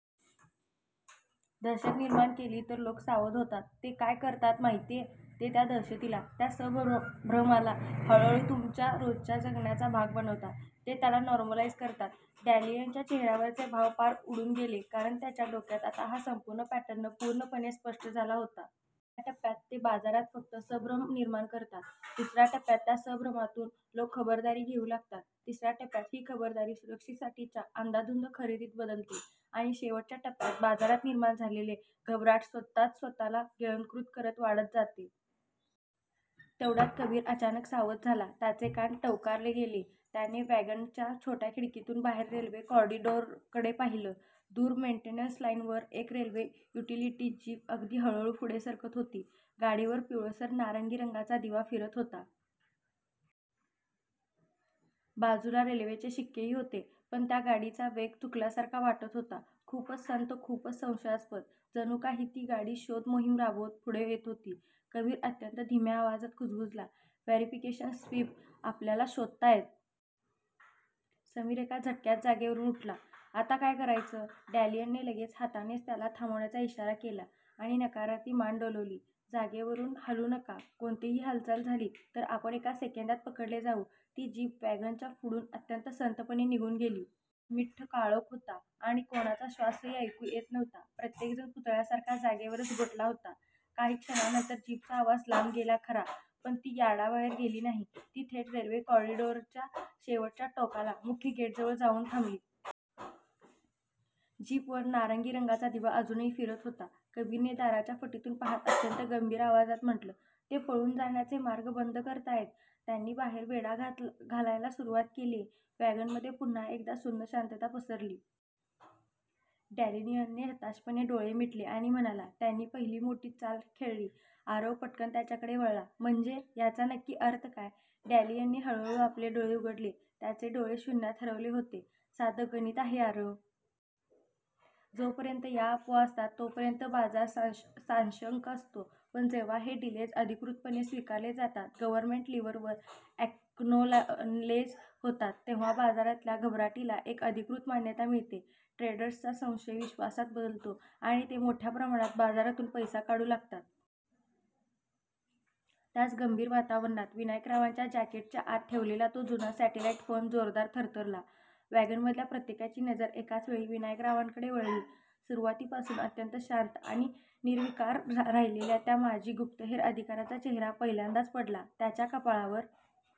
दहशत निर्माण केली तर लोक सावध होतात. ते काय करतात माहितीये? ते त्या दहशतीला, त्या संभ्रमाला हळूहळू तुमच्या रोजच्या जगण्याचा भाग बनवतात. ते त्याला 'नॉर्मलाईज' करतात. डॅनियलच्या चेहऱ्यावरचे भाव पार उडून गेले कारण त्याच्या डोक्यात आता हा संपूर्ण पॅटर्न पूर्णपणे स्पष्ट झाला होता. पहिल्या टप्प्यात ते बाजारात फक्त 'संभ्रम' निर्माण करतात. दुसऱ्या टप्प्यात त्या संभ्रमातून लोक 'खबरदारी' घेऊ लागतात. तिसऱ्या टप्प्यात ही खबरदारी सुरक्षिततेसाठीच्या 'अंधाधुंद खरेदीत' बदलते आणि शेवटच्या टप्प्यात बाजारात निर्माण झालेली घबराट स्वतःच स्वतःला गिळंकृत करत वाढत जाते. तेवढ्यात कबीर अचानक सावध झाला. त्याचे कान टवकारले गेले. त्याने वॅगनच्या छोट्या खिडकीतून बाहेर रेल्वे कॉरिडॉरकडे पाहिलं. दूर मेंटेनन्स लाईनवर एक रेल्वे युटिलिटी जीप अगदी हळूहळू पुढे सरकत होती. गाडीवर पिवळसर नारंगी रंगाचा दिवा फिरत होता. बाजूला रेल्वेचे शिक्केही होते. पण त्या गाडीचा वेग चुकल्यासारखा वाटत होता. खूपच संथ खूपच संशयास्पद. जणू काही ती गाडी शोध मोहीम राबवत पुढे येत होती. कबीर अत्यंत धीम्या आवाजात कुजबुजला, "व्हॅरिफिकेशन स्वीप आपल्याला शोधतायत." समीर एका झटक्यात जागेवरून उठला, "आता काय करायचं? " डॅनियलने लगेच हातानेच त्याला थांबण्याचा इशारा केला आणि नकारार्थी मान डोलवली, "जागेवरून हालू नका. कोणतीही हालचाल झाली, तर आपण एका सेकंदात पकडले जाऊ." ती जीप वॅगनच्या पुढून अत्यंत संथपणे निघून गेली. वॅगनच्या आत मिट्ट काळोख होता आणि कोणाचा श्वासही ऐकू येत नव्हता. प्रत्येक जण पुतळ्यासारखा जागेवरच गोठला होता. काही क्षणांनंतर जीपचा आवाज लांब गेला खरा, पण ती यार्डाबाहेर गेली नाही. ती थेट रेल्वे कॉरिडॉरच्या शेवटच्या टोकाला, मुख्य गेटजवळ जाऊन थांबली. जीपवर नारंगी रंगाचा दिवा अजूनही फिरत होता. कबीरने दाराच्या फटीतून पाहत अत्यंत गंभीर आवाजात म्हटलं, "ते पळून जाण्याचे मार्ग बंद करतायत. त्यांनी बाहेर वेढा घालायला सुरुवात केलीये." वॅगनमध्ये पुन्हा एकदा सुन्न शांतता पसरली. डॅनियलने हताशपणे डोळे मिटले आणि म्हणाला, "त्यांनी पहिली मोठी चाल खेळली." आरव पटकन त्याच्याकडे वळला, "म्हणजे? याचा नक्की अर्थ काय? " डॅनियलने हळूहळू आपले डोळे उघडले, त्याचे डोळे शून्यात हरवले होते, "साधं गणित आहे आरव. जोपर्यंत या अफवा असतात, तोपर्यंत बाजार साशंक असतो. पण जेव्हा हे डिलेज अधिकृतपणे स्वीकारले जातात, गव्हर्नमेंट लेव्हलवर अॅक्नॉलेज होतात. तेव्हा बाजारातल्या घबराटीला एक अधिकृत मान्यता मिळते. ट्रेडर्सचा संशय विश्वासात बदलतो आणि ते मोठ्या प्रमाणावर बाजारातून पैसा काढू लागतात." त्याच गंभीर वातावरणात, विनायकरावांच्या जॅकेटच्या आत ठेवलेला तो जुना सॅटेलाईट फोन जोरदार थरथरला. वॅगनमधल्या प्रत्येकाची नजर एकाच वेळी विनायकरावांकडे वळली. सुरुवातीपासून अत्यंत शांत आणि निर्विकार राहिलेल्या त्या माजी गुप्तहेर अधिकाऱ्याचा चेहरा पहिल्यांदाच पडला. त्यांच्या कपाळावर